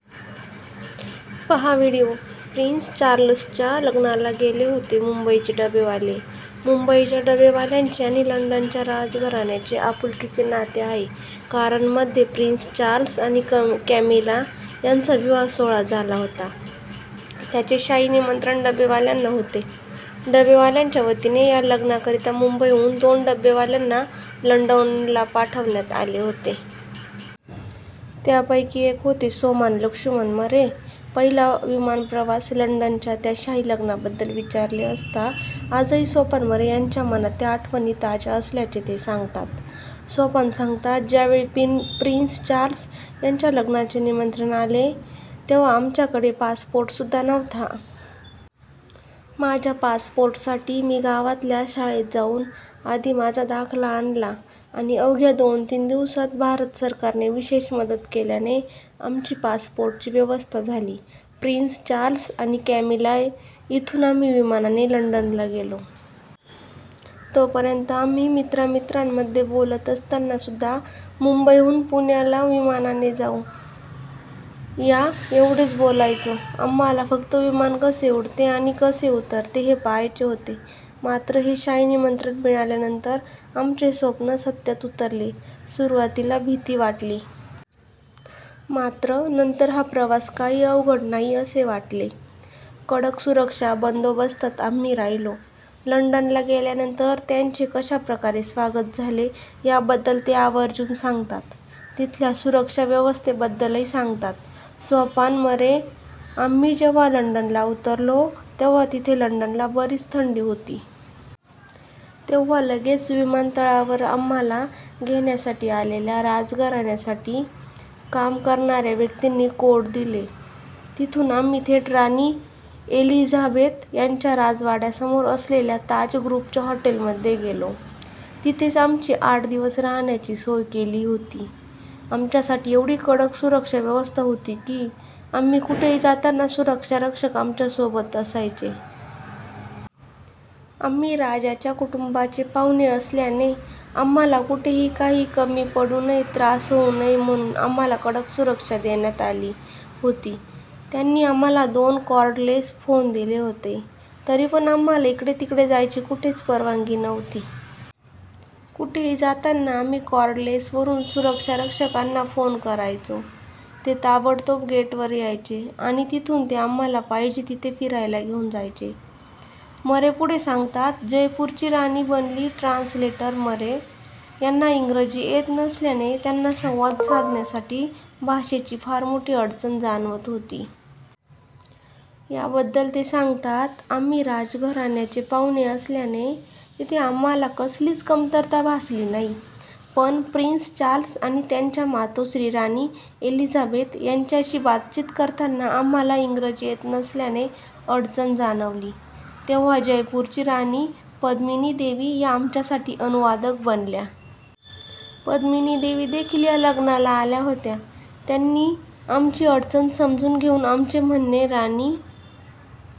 पाहा video: prince चार्ल्सच्या लग्नाला गेले होते मुंबईचे डबेवाले! मुंबईच्या डबेवाल्यांचे आणि लंडनच्या राजघराण्याचे आपुलकीचे नाते आहे. कारण मध्ये प्रिन्स चार्ल्स आणि कॅमिला यांचा विवाहसोहळा झाला होता. त्याचे शाही निमंत्रण डबेवाल्यांना होते. डबेवाल्यांच्या वतीने या लग्नाकरिता मुंबईहून दोन डबेवाल्यांना लंडनला पाठवण्यात आले होते. त्यापैकी एक होते सोपान लक्ष्मण मरे. पहिला विमानप्रवास - लंडनच्या त्या शाही लग्नाबद्दल विचारले असता आजही सोपान मरे यांच्या मनात त्या आठवणी ताज्या असल्याचे ते सांगतात. सोपान सांगतात, "ज्यावेळी प्रिन्स चार्ल्स यांच्या लग्नाचे निमंत्रण आले तेव्हा आमच्याकडे पासपोर्टसुद्धा नव्हता. माझ्या पासपोर्टसाठी मी गावातल्या शाळेत जाऊन आधी माझा दाखला आणला आणि अवघ्या दोन-तीन दिवसांत भारत सरकारने विशेष मदत केल्याने आमची पासपोर्टची व्यवस्था झाली." प्रिन्स चार्ल्स आणि कॅमिला - "इथून आम्ही विमानाने लंडनला गेलो. तोपर्यंत आम्ही मित्रा-मित्रांमध्ये बोलत असतानासुद्धा मुंबईहून पुण्याला विमानाने जाऊ या, एवढेच बोलायचो. आम्हाला फक्त विमान कसे उडते आणि कसे उतरते हे पाहायचे होते. मात्र हे शाही निमंत्रण मिळाल्यानंतर आमचे स्वप्न सत्यात उतरले. सुरुवातीला भीती वाटली. मात्र नंतर हा प्रवास काही अवघड नाही असे वाटले." कडक सुरक्षा बंदोबस्तात आम्ही राहिलो - लंडनला गेल्यानंतर त्यांचे कशा प्रकारे स्वागत झाले, याबद्दल ते आवर्जून सांगतात. तिथल्या सुरक्षाव्यवस्थेबद्दलही सांगतात. सोपान मरे - "आम्ही जेव्हा लंडनला उतरलो, तेव्हा तिथे लंडनला बरीच थंडी होती. तेव्हा लगेच विमानतळावर आम्हाला घेण्यासाठी आलेल्या राजघराण्यासाठी काम करणाऱ्या व्यक्तींनी कोट दिले. तिथून आम्ही थेट राणी एलिझाबेथ यांच्या राजवाड्यासमोर असलेल्या ताज ग्रुपच्या हॉटेलमध्ये गेलो. तिथेच आमची आठ दिवस राहण्याची सोय केली होती. आमच्यासाठी एवढी कडक सुरक्षा व्यवस्था होती की, आम्ही कुठेही जाताना सुरक्षारक्षक आमच्यासोबत असायचे." "आम्ही राजाच्या कुटुंबाचे पाहुणे असल्याने आम्हाला कुठेही काहीही कमी पडू नये, त्रास होऊ नये म्हणून आम्हाला कडक सुरक्षा देण्यात आली होती. त्यांनी आम्हाला दोन कॉर्डलेस फोन दिले होते. तरीपण आम्हाला इकडे तिकडे जायची कुठेच परवानगी नव्हती. कुठेही जाताना आम्ही कॉर्डलेसवरून सुरक्षा रक्षकांना फोन करायचो. ते ताबडतोब गेटवर यायचे आणि तिथून ते आम्हाला पाहिजे तिथे फिरायला घेऊन जायचे," मरे पुढे सांगतात. जयपूरची राणी बनली ट्रान्सलेटर - मरे यांना इंग्रजी येत नसल्याने त्यांना संवाद साधण्यासाठी भाषेची फार मोठी अडचण जाणवत होती. याबद्दल ते सांगतात, "आम्ही राजघराण्याचे पाहुणे असल्याने तिथे आम्हाला कसलीच कमतरता भासली नाही. पण प्रिन्स चार्ल्स आणि त्यांच्या मातोश्री राणी एलिझाबेथ यांच्याशी बातचीत करताना आम्हाला इंग्रजी येत नसल्याने अडचण जाणवली. तेव्हा जयपूरची राणी पद्मिनीदेवी या आमच्यासाठी अनुवादक बनल्या. पद्मिनीदेवी देखील या लग्नाला आल्या होत्या. त्यांनी आमची अडचण समजून घेऊन आमचे म्हणणे राणी